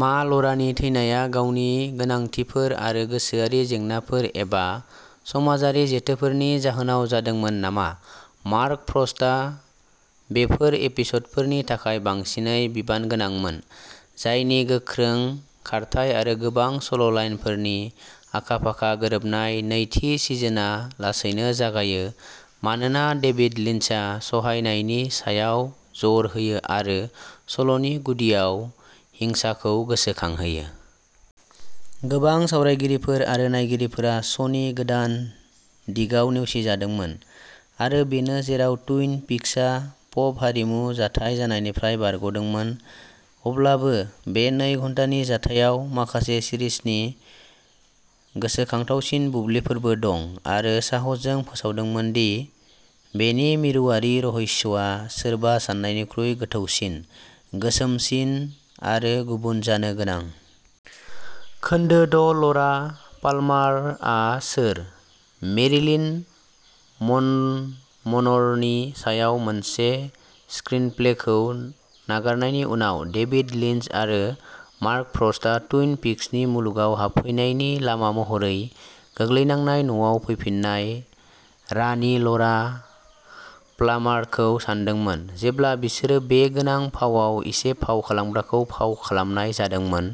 मा ल'रानि थैनाया गावनि गोनांथिफोर आरो गोसोआरि जेंनाफोर एबा समाजारि जेथोफोरनि जाहोनाव जादोंमोन नामा? मार्क फ्रस्टआ बेफोर एपिस'डफोरनि थाखाय बांसिनै बिबानगोनांमोन, जायनि गोख्रों खारथाइ आरो गोबां सल'लाइनफोरनि आखा-फाखा गोरोबनाय। नैथि सिजोनआ लासैनो जागायो, मानोना डेभिड लिन्चआ सहायनायनि सायाव जर होयो आरो सल'नि गुदियाव हिंसाखौ गोसोखांहोयो। गोबां सावरायगिरिफोर आरो नायगिरिफोरा श'नि गोदान दिगाव नेवसिजादोंमोन, आरो बेनो जेराव टुइन पिक्सआ पप हारिमु जाथाय जानायनिफ्राय बारग'दोंमोन। अब्लाबो बे नै घन्टानि जाथायाव माखासे सिरिजनि गोसोखांथावसिन बुब्लिफोरबो दं आरो साहसजों फोसावदोंमोन दि बेनि मिरुआरि रहस्यआ सोरबा साननायनिख्रुइ गोथौसिन, गोसोमसिन आरो गुबुन जानो गोनां। खोन्दो द’- ल'रा पाल्मारआ सोर? मेरिलिन मन मन'रनि सायाव मोनसे स्क्रिनप्लेखौ नागारनायनि उनाव, डेभिड लिन्च आरो मार्क फ्रस्टआ टुइन पिक्सनि मुलुगाव हाबफैनायनि लामा महरै गोग्लैलांनाय न'आव फैफिननाय रानि ल'रा पाल्मारखौ सानदोंमोन। जेब्ला बिसोरो बे गोनां फावआव एसे फाव खालामग्राखौ फाव खालामनाय जादोंमोन,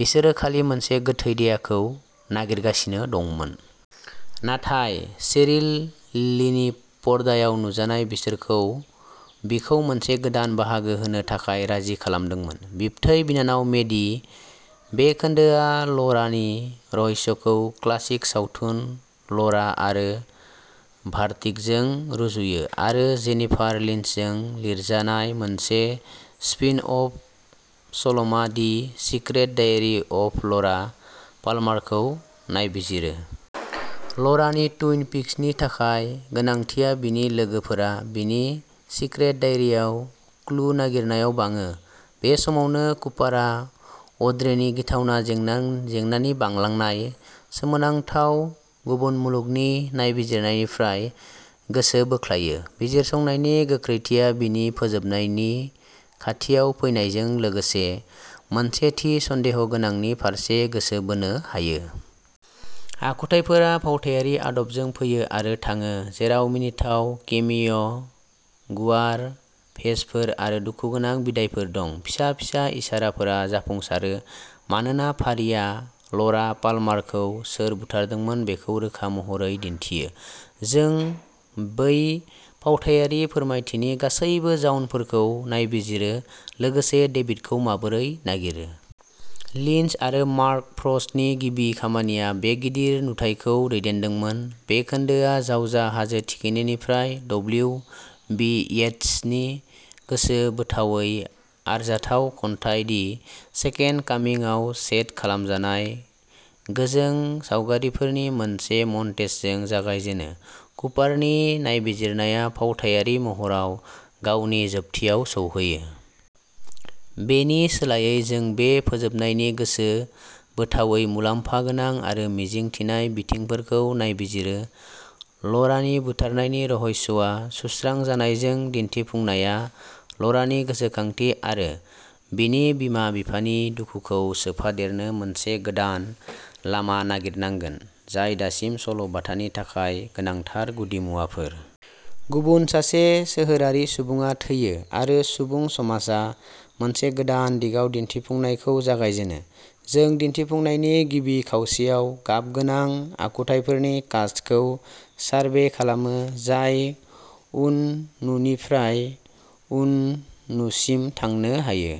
बिसोरो खालि मोनसे गोथै देहाखौ नागिरगासिनो दंमोन। नाथाय शेरिल लिनि पर्दायाव नुजानाया बिसोरखौ बिखौ मोनसे गोदान बाहागो होनो थाखाय राजि खालामदोंमोन बिबथै बिनानाव मेडी। बे खोन्दोआ ल'रानि रहस्यखौ क्लासिक सावथुन ल'रा आरो भार्टिग'जों रुजुयो, आरो जेनिफार लिन्चजों लिरजानाय मोनसे स्पिन-अफ सल'मा, the secret diary of Laura पाल्मारखौ नायबिजिरो। ल'रानि टुइन पिक्सनि थाखाय गोनांथिआ बिनि लोगोफोरा बिनि सिक्रेट डायरीआव क्लु नागिरनायाव बाङो। बे समावनो कुपारआ अड्रेनि गिथावना जेंनानि बांलांनाय सोमोनांथाव, गुबुन मुलुगनि नायबिजिरनायनिफ्राय गोसो बोख्लायो। बिजिरसंनायनि गोख्रैथिया बिनि फोजोबनायनि खाथियाव फैनायजों लोगोसे मोनसे थि सन्देह'गोनांनि फारसे गोसो बोनो हायो। आखुथाइफोरा फावथायारि आदबजों फैयो आरो थाङो, जेराव मिनिथाव केमिय', गुवार भेसफोर, आरो दुखुगोनां बिदाइफोर दं। फिसा फिसा इसाराफोरा जाफुंसारो मानोना फारिआ ल'रा पाल्मारखौ सोर बुथारदोंमोन बेखौ रोखा महरै दिन्थियो। जों बै फावथायारि फोरमायथिनि गासैबो जाउनफोरखौ नायबिजिरो, लोगोसे डेभिडखौ माबोरै नागिरो। लिन्च आरो मार्क फ्रस्टनि गिबि खामानिया बे गिदिर नुथायखौ दैदेनदोंमोन। बे खोन्दोआ जावजा हाजो थिखिनिनिफ्राय डब्लिउ बि येट्सनि गोसोबोथावै आरजाथाव खन्थाइ दि सेकेन्ड कामिं आव सेट खालामजानाय गोजों सावगारिफोरनि मोनसे मन्टेजजों जागायजेनो। कुपारनि नायबिजिरनाया फावथायारि महराव गावनि जोबथियाव सौहैयो। बेनि सोलायै, जों बे फोजोबनायनि गोसोबोथावै, मुलाम्फा गोनां आरो मिजिं थिनाय बिथिंफोरखौ नायबिजिरो। ल'रानि बुथारनायनि रहस्यआ सुस्रांजानायजों, दिन्थिफुंनाया ल'रानि गोसोखांथि आरो बिनि बिमा-बिफानि दुखुखौ सोफादेरनो मोनसे गोदान लामा नागिरनांगोन, जाय दासिम सल'-बाथानि थाखाय गोनांथार गुदिमुवाफोर। गुबुन सासे सोहोरारि सुबुङा थैयो आरो सुबुं समाजआ मोनसे गोदान दिगाव दिन्थिफुंनायखौ जागायजेनो। जों दिन्थिफुंनायनि गिबि खावसेयाव गाबगोनां आखुथाइफोरनि कास्टखौ सारभे खालामो जाय उननुनिफ्राय उननुसिम थांनो हायो।